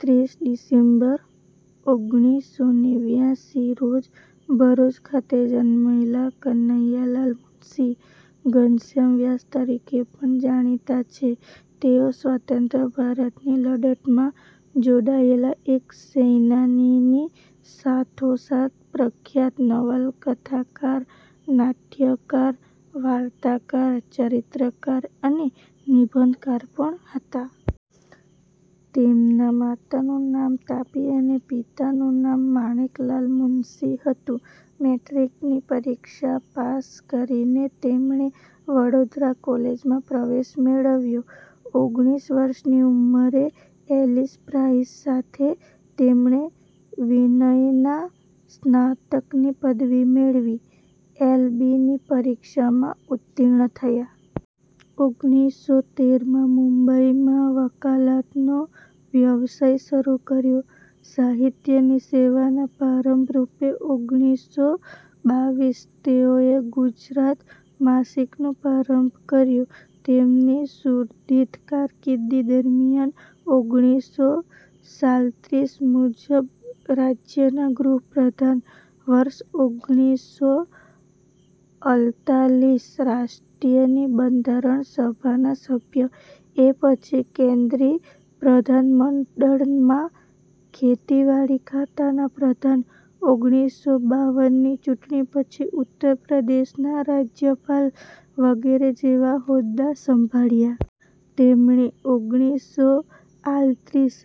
ત્રીસ ડિસેમ્બર, ઓગણીસો નેવ્નાયાસી રોજ ભરૂચ ખાતે જન્મેલા કનૈયાલાલ મુનશી 'ઘનશ્યામ વ્યાસ' તરીકે પણ જાણીતા છે. તેઓ સ્વતંત્ર ભારતની લડતમાં જોડાયેલા એક સૈનાનીની સાથોસાથ પ્રખ્યાત નવલકથાકાર, નાટ્યકાર, વાર્તાકાર, ચરિત્રકાર અને નિબંધકાર પણ હતા. તેમના માતાનું નામ તાપી અને પિતાનું નામ માણેકલાલ મુનશી હતું. મૅટ્રિકની પરીક્ષા પાસ કરીને તેમણે વડોદરા કૉલેજમાં પ્રવેશ મેળવ્યો. ઓગણીસ વર્ષની ઉંમરે 'એલિસ પ્રાઈઝ' સાથે તેમણે વિનયનના સ્નાતકની પદવી મેળવી. એલ. બી. ની પરીક્ષામાં ઉત્તિર્ણ થયા. ઓગણીસો તેર માં મુંબઈમાં વકાલાતનો વ્યવસાય શરૂ કર્યો. સાહિત્યની સેવાના પ્રારંભ રૂપે ઓગણીસો બાવ્વીસ તેઓએ 'ગુજરાત' માસિકનો પ્રારંભ કર્યો. તેમની સુદીર્ઘ કારકિર્દી દરમિયાન ઓગણીસો સાલત્રીસ મુંબઈ રાજ્યના ગૃહપ્રધાન, વર્ષ ઓગણીસો અલતાલીસ રાષ્ટ્રની બંધારણ સભાના સભ્ય, એ પછી કેન્દ્રીય પ્રધાનમંડળમાં ખેતીવાડી ખાતાના પ્રધાન, ઓગણીસો બાવન ની ચૂંટણી પછી ઉત્તરપ્રદેશના રાજ્યપાલ વગેરે જેવા હોદ્દા સંભાળ્યા. તેમણે ઓગણીસો આલત્રીસ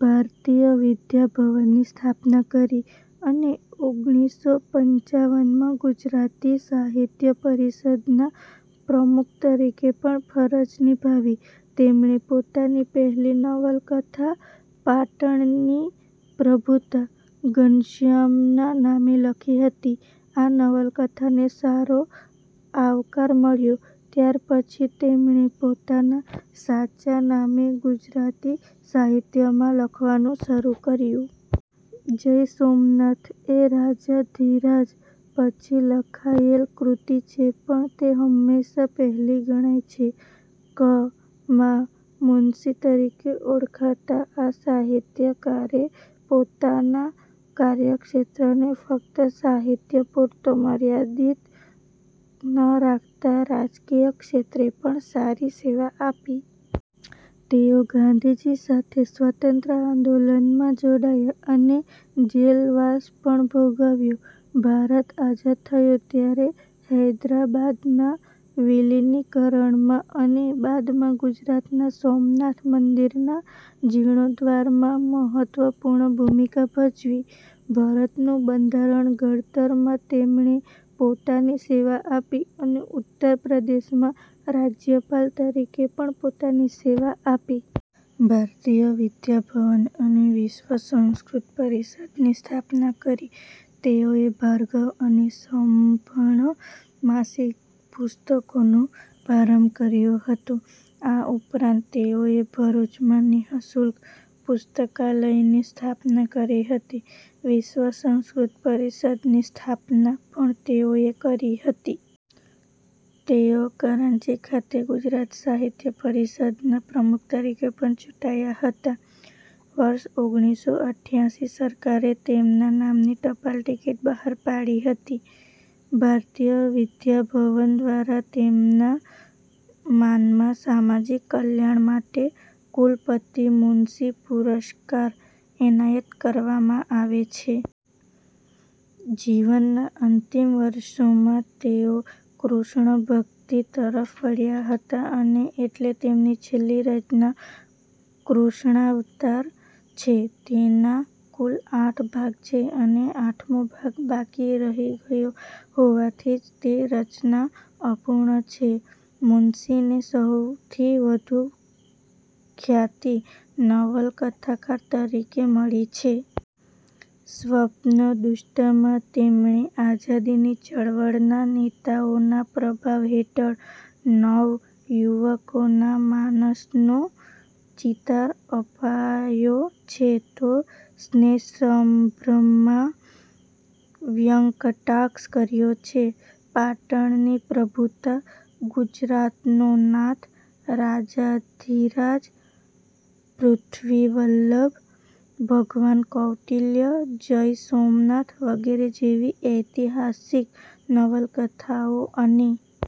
ભારતીય વિદ્યા ભવનની સ્થાપના કરી અને, ઓગણીસો પંચાવન માં ગુજરાતી સાહિત્ય પરિષદના પ્રમુખ તરીકે પણ ફરજ નિભાવી. તેમણે પોતાની પહેલી નવલકથા 'પાટણની પ્રભુતા' ઘનશ્યામના નામે લખી હતી. આ નવલકથાને સારો આવકાર મળ્યો ત્યાર પછી તેમણે પોતાના સાચા નામે ગુજરાતી સાહિત્યમાં લખવાનુ શરૂ કર્યું. 'જય સોમનાથ' એ 'રાજાધિરાજ' પછી લખાયેલ કૃતિ છે, પણ તે હંમેશા પહેલી ગણાય છે. ક. મા. મુનશી તરીકે ઓળખાતા આ સાહિત્યકારે પોતાના કાર્યક્ષેત્રને ફક્ત સાહિત્ય પૂરતો મર્યાદિત ન રાખતાં રાજકીય ક્ષેત્રે પણ સારી સેવા આપી. તેઓ ગાંધીજી સાથે સ્વતંત્રતા આંદોલનમાં જોડાયા અને જેલવાસ પણ ભોગવ્યો. ભારત આઝાદ થયું ત્યારે હૈદ્રાબાદના વિલિનીકરણમાં અને બાદમાં ગુજરાતના સોમનાથ મંદિરના જિર્ણોદ્ધારમાં મહત્વપૂર્ણ ભૂમિકા ભજવી. ભારતનું બંધારણ ઘડતરમાં તેમણે પોતાની સેવા આપી અને ઉત્તરપ્રદેશમાં રાજ્યપાલ તરીકે પણ પોતાની સેવા આપી. ભારતીય વિદ્યાભવન અને વિશ્વ સંસ્કૃત પરિષદની સ્થાપના કરી. તેઓએ ભાર્ગવ અને સમર્પણ માસિક પુસ્તકોનો પ્રારંભ કર્યો હતો. આ ઉપરાંત તેઓએ ભરૂચમાં નિ:શુલ્ક પુસ્તકાલયની સ્થાપના કરી હતી. વિશ્વ સંસ્કૃત પરિષદની સ્થાપના પણ તેઓએ કરી હતી. તેઓ કરાંચી ખાતે ગુજરાત સાહિત્ય પરિષદના પ્રમુખ તરીકે પણ ચૂંટાયા હતા. વર્ષ ઓગણીસો અઠ્યાસી સરકારે તેમના નામની ટપાલ ટિકીટ બહાર પાડી હતી. ભારતીય વિદ્યાભવન દ્વારા તેમના માનમાં સામાજિક કલ્યાણ માટે 'કુલપતિ મુનશી પુરસ્કાર' એનાયત કરવામાં આવે છે. જીવનના અંતિમ વર્ષોમાં તેઓ કૃષ્ણભક્તિ તરફ વળ્યા હતા અને એટલે તેમની છેલ્લી રચના 'કૃષ્ણાવતાર' છે, તેના કુલ આઠ ભાગ છે અને આઠમો ભાગ બાકી રહી ગયો હોવાથી જ તે રચના અપૂર્ણ છે. મુનશીને સૌથી વધુ ખ્યાતિ નવલકથાકાર તરીકે મળી છે. 'સ્વપ્નદૃષ્ટા'માં તેમણે આઝાદીની ચળવળના નેતાઓના પ્રભાવ હેઠળ નવયુવકોના માનસનો ચિતાર અપાયો છે તો 'સ્નેહસંભ્રમ'માં વ્યંગકટાક્ષ કર્યો છે. 'પાટણની પ્રભુતા', 'ગુજરાતનો નાથ', 'રાજાધિરાજ', 'પૃથિવીવલ્લભ', 'ભગવાન કૌટિલ્ય', 'જય સોમનાથ', વગેરે જેવી ઐતિહાસિક નવલકથાઓ અને